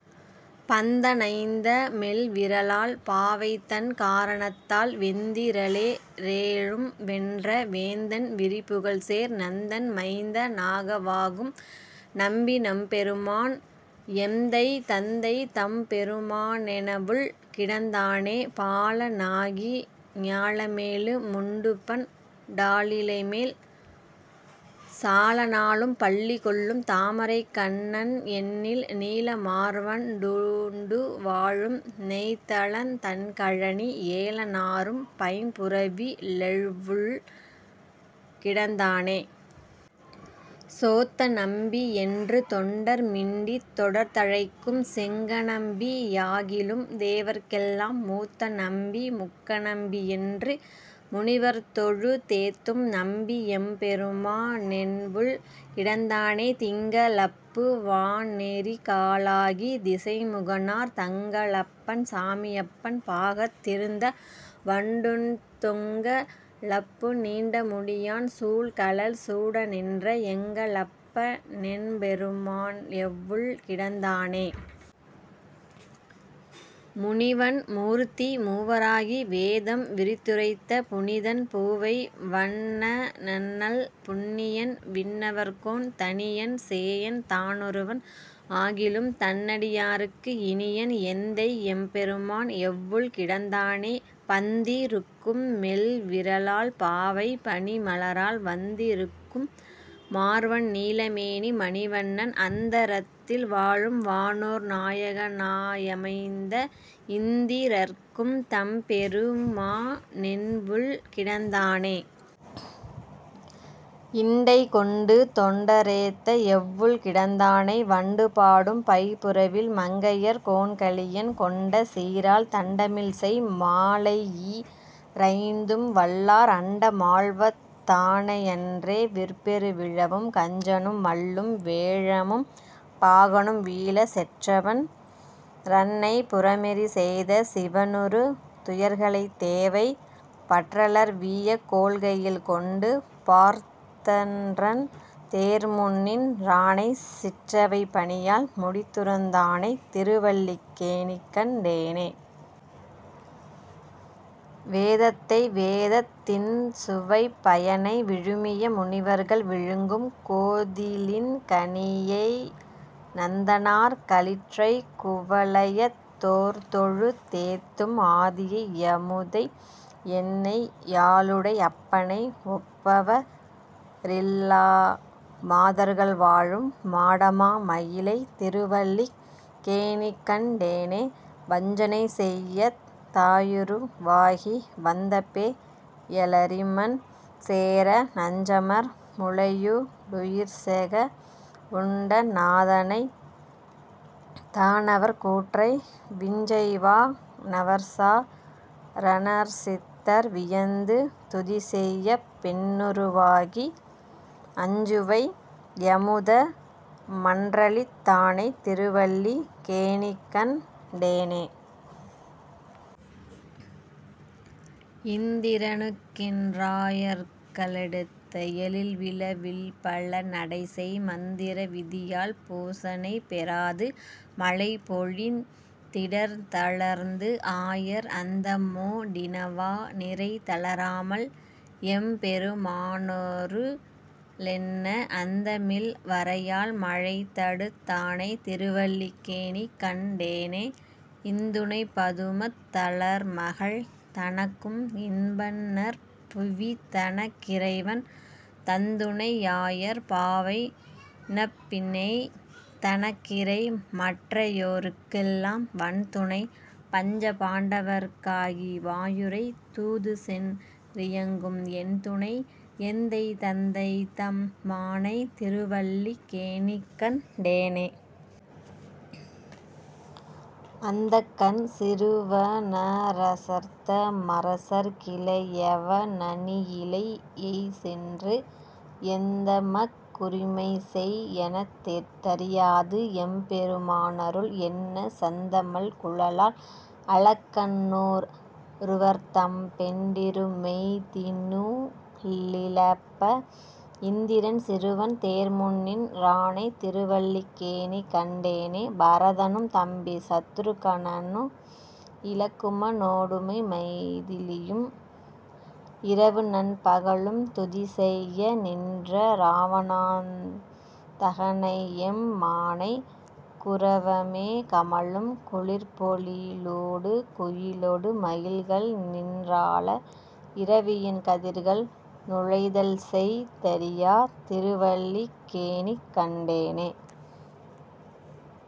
பந்த ணைந்த மெல்விரலாள் பாவைதன் காரணத்தால், வெந்தி றலே றேழும்வென்ற வேந்தன் விரிபுகழ்சேர், நந்தன் மைந்த னாகவாகும் நம்பி நம்பெருமான்,। எந்தை தந்தை தம்பெருமானெவ்வுள் கிடந்தானே.. பால நாகி ஞாலமேழு முண்டுபண் டாலிலைமேல், சால நாளும் பள்ளிகொள்ளும் தாமரைக் கண்ணன்எண்ணில், நீல மார்வண் டுண்டுவாழும் நெய்தலந் தண்கழனி, ஏல நாறும் பைம்புறவி லெவ்வுள் கிடந்தானே.. சோத்த நம்பி யென்றுதொண்டர் மிண்டித் தொடர்ந்தழைக்கும், செங்கணம்பி யாகிலும் தேவர்க்கெல்லாம், மூத்த நம்பி முக்கணம்பி யென்று முனிவர்த்தொழு- தேத்தும், நம்பி யெம்பெருமா னெவ்வுள் கிடந்தானே.. திங்க ளப்பு வானெரிகாலாகி, திசைமுகனார் தங்க ளப்பன் சாமியப்பன் பாகத் திருந்த, வண்டுண் தொங்க லப்பு நீண்முடியான் சூழ் கழல் சூடநின்ற, எங்க ளப்ப னெம்பெருமான் எவ்வுள் கிடந்தானே.. முனிவன் மூர்த்தி மூவராகி வேதம் விரித்துரைத்த புனிதன், பூவை வண்ணனண்ணல் புண்ணியன் விண்ணவர்கோன், தனியன் சேயன் தானொருவன் ஆகிலும் தன்னடியார்க்கு இனியன், எந்தை யெம்பெருமான் எவ்வுள் கிடந்தானே.. பந்தி ருக்கும் மெல்விரலாள் பாவை பனிமலராள், வந்தி ருக்கும் மார்வன்நீல மேனி மணிவண்ணன், அந்த ரத்தில் வாழும் வானோர் நாயக னாயமைந்த, இந்தி ரற்கும் தம்பெருமா னெவ்வுள் கிடந்தானே.. இண்டை கொண்டு தொண்டரேத்த எவ்வுள் கிடந்தானை, வண்டு பாடும் பைபுறவில் மங்கையர் கோன்கலியன், கொண்ட சீரால் தண்டமிழ்செய் மாலையீ ரைந்தும்வல்லார், அண்ட மாள்வ தாணையன்றே விற்பெரு விழவும் கஞ்சனும் மல்லும் வேழமும் பாகனும் வீழ, செற்றவன் றன்னை, புரமெரி செய்த சிவனுறு துயர்களை தேவை, பற்றலர் வீயக் கோல்கையில் கொண்டு பார்த்தன்றன் தேர்முன்நின் றானை, சிற்றவை பணியால் முடிதுறந் தானைத் திருவல்லிக் கேணிக்கண் டேனே.. வேதத்தை வேதத் தின்சுவைப் பயனை விழுமிய முனிவர்கள் விழுங்கும், கோதிலின் கனியை நந்தனார் களிற்றைக் குவலயத் தோர்தொழு தேத்தும், ஆதியை யமுதை யென்னை யாளுடை அப்பனை ஒப்பவ ரில்லா மாதர்கள் வாழும், மாடமா மயிலைத் திருவல்லிக் கேணிக்கண் டேனே.. வஞ்சனை செய்யத் தாயுரு வாகி வந்தபே யலறிமண் சேர, நஞ்சமர் முலையூ டுயிர்செக வுண்ட நாதனைத் தானவர் கூற்றை, விஞ்சைவா னவர்சா ரணர்சித்தர் வியந்து துதிசெய்யப் பெண்ணுரு வாகி, அஞ்சுவை யமுத மன்றளித் தானைத் திருவல்லிக் கேணிக்கண் டேனே.. இந்திர னுக்கென் றாயர்க ளெடுத்த எழில்விழ வில்பழ நடைசெய், மந்திர விதியில் பூசனை பெறாது மழைபொழிந் திடத்தளர்ந்து, ஆயர் அந்தமோ டினவா நிரைதள ராமல் எம்பெரு மானரு ளென்ன, அந்தமில் வரையால் மழைதடுத் தானைத் திருவல்லிக் கேணிக்கண் டேனே.. இந்துணைப் பதுமத் தலர்மகள் தனக்கும் இன்பன்நற் புவிதனக் கிறைவன், தந்துணை யாயர் பாவைநப் பின்னை தனக்கிறை மற்றையோர்க் கெல்லாம் வன்துணை, பஞ்ச பாண்டவர்க் காகி வாயுரை தூதுசென் றியங்கும் என்துணை, எந்தை தந்தைதம் மானைத் திருவல்லிக் கேணிக்கண் டேனே.. அந்தகன் சிறுவ னரசர்த்த மரசற் கிளையவ னணியிழை யைச்சென்று, எந்தமக் குரிமை செய் எனத் தரியாது எம்பெரு மானருள் என்ன, சந்தமல் குழலாள் அலக்கண்நூற் றுவர்த்தம் பெண்டிரு மெய்திநூ லிழப்ப, இந்திரன் சிறுவன் தேர்முன்நின் றானைத் திருவல்லிக் கேணிக்கண் டேனே.. பரதனும் தம்பி சத்துருக் கனன்னும் இலக்கும னோடுமை திலியும் இரவுநன் பகலும் துதிசெய்ய நின்ற இராவணாந் தகனையெம் மானை, குரவமே கமழும் குளிர்ப்பொழி லூடு குயிலொடு மயில்கள்நின் றால, இரவியின் கதிர்கள் நுழைதல்செய் தறியாத் திருவல்லிக் கேணிக்கண் டேனே..